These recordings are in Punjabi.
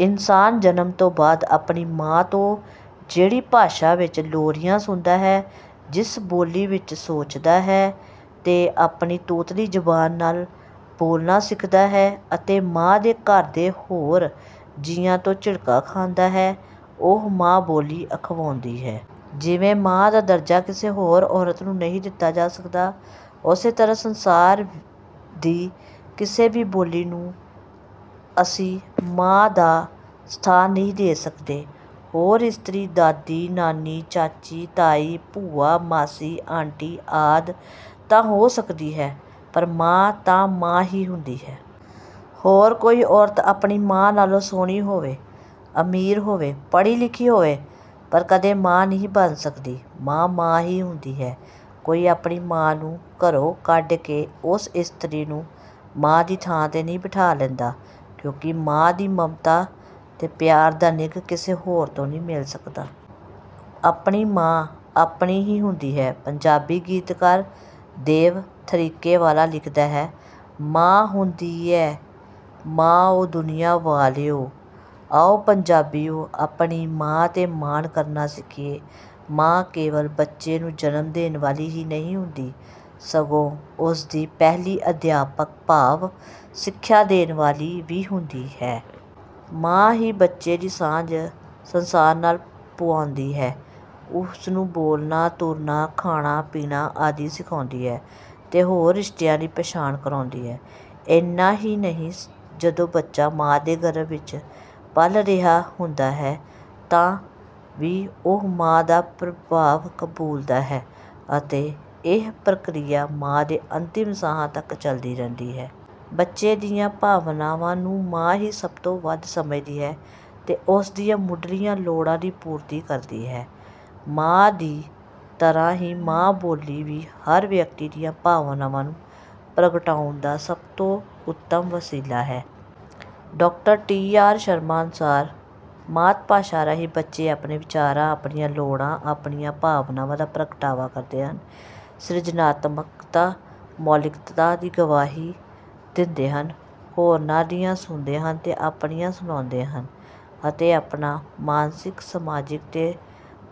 ਇਨਸਾਨ ਜਨਮ ਤੋਂ ਬਾਅਦ ਆਪਣੀ ਮਾਂ ਤੋਂ ਜਿਹੜੀ ਭਾਸ਼ਾ ਵਿੱਚ ਲੋਰੀਆਂ ਸੁਣਦਾ ਹੈ, ਜਿਸ ਬੋਲੀ ਵਿੱਚ ਸੋਚਦਾ ਹੈ ਤੇ ਆਪਣੀ ਤੋਤਲੀ ਜ਼ਬਾਨ ਨਾਲ ਬੋਲਣਾ ਸਿੱਖਦਾ ਹੈ ਅਤੇ ਮਾਂ ਤੇ ਘਰ ਦੇ ਹੋਰ ਜੀਆਂ ਤੋਂ ਝਿੜਕਾਂ ਖਾਂਦਾ ਹੈ, ਉਹੀ ਮਾਂ-ਬੋਲੀ ਅਖਵਾਉਂਦੀ ਹੈ। ਜਿਵੇਂ ਮਾਂ ਦਾ ਦਰਜਾ ਕਿਸੇ ਹੋਰ ਔਰਤ ਨੂੰ ਨਹੀਂ ਦਿੱਤਾ ਜਾ ਸਕਦਾ, ਉਸੇ ਤਰ੍ਹਾਂ ਸੰਸਾਰ ਦੀ ਕਿਸੇ ਵੀ ਬੋਲੀ ਨੂੰ ਅਸੀਂ ਮਾਂ ਦਾ ਸਥਾਨ ਨਹੀਂ ਦੇ ਸਕਦੇ। ਹੋਰ ਇਸਤਰੀ ਦਾਦੀ, ਨਾਨੀ, ਚਾਚੀ, ਤਾਈ, ਭੂਆ, ਮਾਸੀ, ਆਂਟੀ ਆਦਿ ਤਾਂ ਹੋ ਸਕਦੀ ਹੈ, ਪਰ ਮਾਂ ਤਾਂ ਮਾਂ ਹੀ ਹੁੰਦੀ ਹੈ। ਹੋਰ ਕਈ ਔਰਤ ਆਪਣੀ ਮਾਂ ਨਾਲੋਂ ਸੋਹਣੀ ਹੋਵੇ, ਅਮੀਰ ਹੋਵੇ, ਪੜ੍ਹੀ-ਲਿਖੀ ਹੋਵੇ, ਪਰ ਕਦੇ ਮਾਂ ਨਹੀਂ ਬਣ ਸਕਦੀ। ਮਾਂ, ਮਾਂ ਹੀ ਹੁੰਦੀ ਹੈ। ਕੋਈ ਆਪਣੀ ਮਾਂ ਨੂੰ ਘਰੋਂ ਕੱਢ ਕੇ ਉਸ ਇਸਤਰੀ ਨੂੰ ਮਾਂ ਦੀ ਥਾਂ 'ਤੇ ਨਹੀਂ ਬਿਠਾ ਲੈਂਦਾ, ਕਿਉਂਕਿ ਮਾਂ ਦੀ ਮਮਤਾ ਤੇ ਪਿਆਰ ਦਾ ਨਿੱਘ ਕਿਸੇ ਹੋਰ ਤੋਂ ਨਹੀਂ ਮਿਲ ਸਕਦਾ। ਆਪਣੀ ਮਾਂ ਆਪਣੀ ਹੀ ਹੁੰਦੀ ਹੈ। ਪੰਜਾਬੀ ਗੀਤਕਾਰ ਦੇਵ ਥਰੀਕੇ ਵਾਲਾ ਲਿਖਦਾ ਹੈ - "ਮਾਂ ਹੁੰਦੀ ਏ ਮਾਂ ਓ ਦੁਨੀਆਂ ਵਾਲਿਓ" ਆਓ ਪੰਜਾਬੀਓ! ਆਪਣੀ ਮਾਂ 'ਤੇ ਮਾਣ ਕਰਨਾ ਸਿੱਖੀਏ। ਮਾਂ ਕੇਵਲ ਬੱਚੇ ਨੂੰ ਜਨਮ ਦੇਣ ਵਾਲੀ ਹੀ ਨਹੀਂ ਹੁੰਦੀ, ਸਗੋਂ ਉਸ ਦੀ ਪਹਿਲੀ ਅਧਿਆਪਕ ਭਾਵ ਸਿੱਖਿਆ ਦੇਣ ਵਾਲੀ ਵੀ ਹੁੰਦੀ ਹੈ। ਮਾਂ ਹੀ ਬੱਚੇ ਦੀ ਸਾਂਝ ਸੰਸਾਰ ਨਾਲ ਪੁਆਉਂਦੀ ਹੈ। ਉਸਨੂੰ ਬੋਲਣਾ, ਤੁਰਨਾ, ਖਾਣਾ-ਪੀਣਾ ਆਦਿ ਸਿਖਾਉਂਦੀ ਹੈ ਤੇ ਹੋਰ ਰਿਸ਼ਤਿਆਂ ਦੀ ਪਛਾਣ ਕਰਵਾਉਂਦੀ ਹੈ। ਇੰਨਾ ਹੀ ਨਹੀਂ, ਜਦੋਂ ਬੱਚਾ ਮਾਂ ਦੇ ਗਰਭ ਵਿੱਚ ਪਲ ਰਿਹਾ ਹੁੰਦਾ ਹੈ, ਤਾਂ ਵੀ ਉਹ ਮਾਂ ਦਾ ਪ੍ਰਭਾਵ ਕਬੂਲਦਾ ਹੈ ਅਤੇ ਇਹ ਪ੍ਰਕਿਰਿਆ ਮਾਂ ਦੇ ਅੰਤਿਮ ਸਾਹਾਂ ਤੱਕ ਚਲਦੀ ਰਹਿੰਦੀ ਹੈ। ਬੱਚੇ ਦੀਆਂ ਭਾਵਨਾਵਾਂ ਨੂੰ ਮਾਂ ਹੀ ਸਭ ਤੋਂ ਵੱਧ ਸਮਝਦੀ ਹੈ ਤੇ ਉਸ ਦੀਆਂ ਮੁੱਢਲੀਆਂ ਲੋੜਾਂ ਦੀ ਪੂਰਤੀ ਕਰਦੀ ਹੈ। ਮਾਂ ਦੀ ਤਰ੍ਹਾਂ ਹੀ ਮਾਂ-ਬੋਲੀ ਵੀ ਹਰ ਵਿਅਕਤੀ ਦੀਆਂ ਭਾਵਨਾਵਾਂ ਨੂੰ ਪ੍ਰਗਟਾਉਣ ਦਾ ਸਭ ਤੋਂ ਉੱਤਮ ਵਸੀਲਾ ਹੈ। Doctor T. ਆਰ. ਸ਼ਰਮਾ ਅਨੁਸਾਰ - "ਮਾਤ-ਭਾਸ਼ਾ ਰਾਹੀਂ ਬੱਚੇ ਆਪਣੇ ਵਿਚਾਰਾਂ, ਆਪਣੀਆਂ ਲੋੜਾਂ, ਆਪਣੀਆਂ ਭਾਵਨਾਵਾਂ ਦਾ ਪ੍ਰਗਟਾਵਾ ਕਰਦੇ ਹਨ, ਸਿਰਜਣਾਤਮਕਤਾ, ਮੌਲਿਕਤਾ ਦੀ ਗਵਾਹੀ ਦਿੰਦੇ ਹਨ, ਹੋਰਨਾਂ ਦੀਆਂ ਸੁਣਦੇ ਹਨ ਤੇ ਆਪਣੀਆਂ ਸੁਣਾਉਂਦੇ ਹਨ ਅਤੇ ਆਪਣਾ ਮਾਨਸਿਕ, ਸਮਾਜਿਕ ਤੇ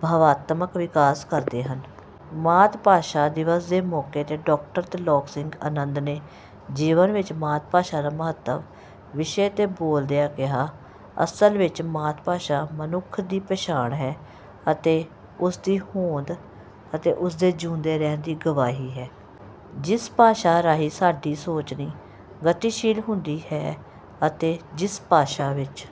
ਭਾਵਾਤਮਕ ਵਿਕਾਸ ਕਰਦੇ ਹਨ।" ਮਾਤ-ਭਾਸ਼ਾ ਦਿਵਸ ਦੇ ਮੌਕੇ 'ਤੇ ਡਾਕਟਰ ਤ੍ਰਿਲੋਕ ਸਿੰਘ ਅਨੰਦ ਨੇ "ਜੀਵਨ ਵਿੱਚ ਮਾਤ-ਭਾਸ਼ਾ ਦਾ ਮਹੱਤਵ" ਵਿਸ਼ੇ 'ਤੇ ਬੋਲਦਿਆਂ ਕਿਹਾ - "ਅਸਲ ਵਿੱਚ ਮਾਤ-ਭਾਸ਼ਾ ਮਨੁੱਖ ਦੀ ਪਛਾਣ ਹੈ ਅਤੇ ਉਸ ਦੀ ਹੋਂਦ ਅਤੇ ਉਸ ਦੇ ਜੀਉਂਦੇ ਰਹਿਣ ਦੀ ਗਵਾਹੀ ਹੈ। ਜਿਸ ਭਾਸ਼ਾ ਰਾਹੀਂ ਸਾਡੀ ਸੋਚਣੀ ਗਤੀਸ਼ੀਲ ਹੁੰਦੀ ਹੈ ਅਤੇ ਜਿਸ ਭਾਸ਼ਾ ਵਿੱਚ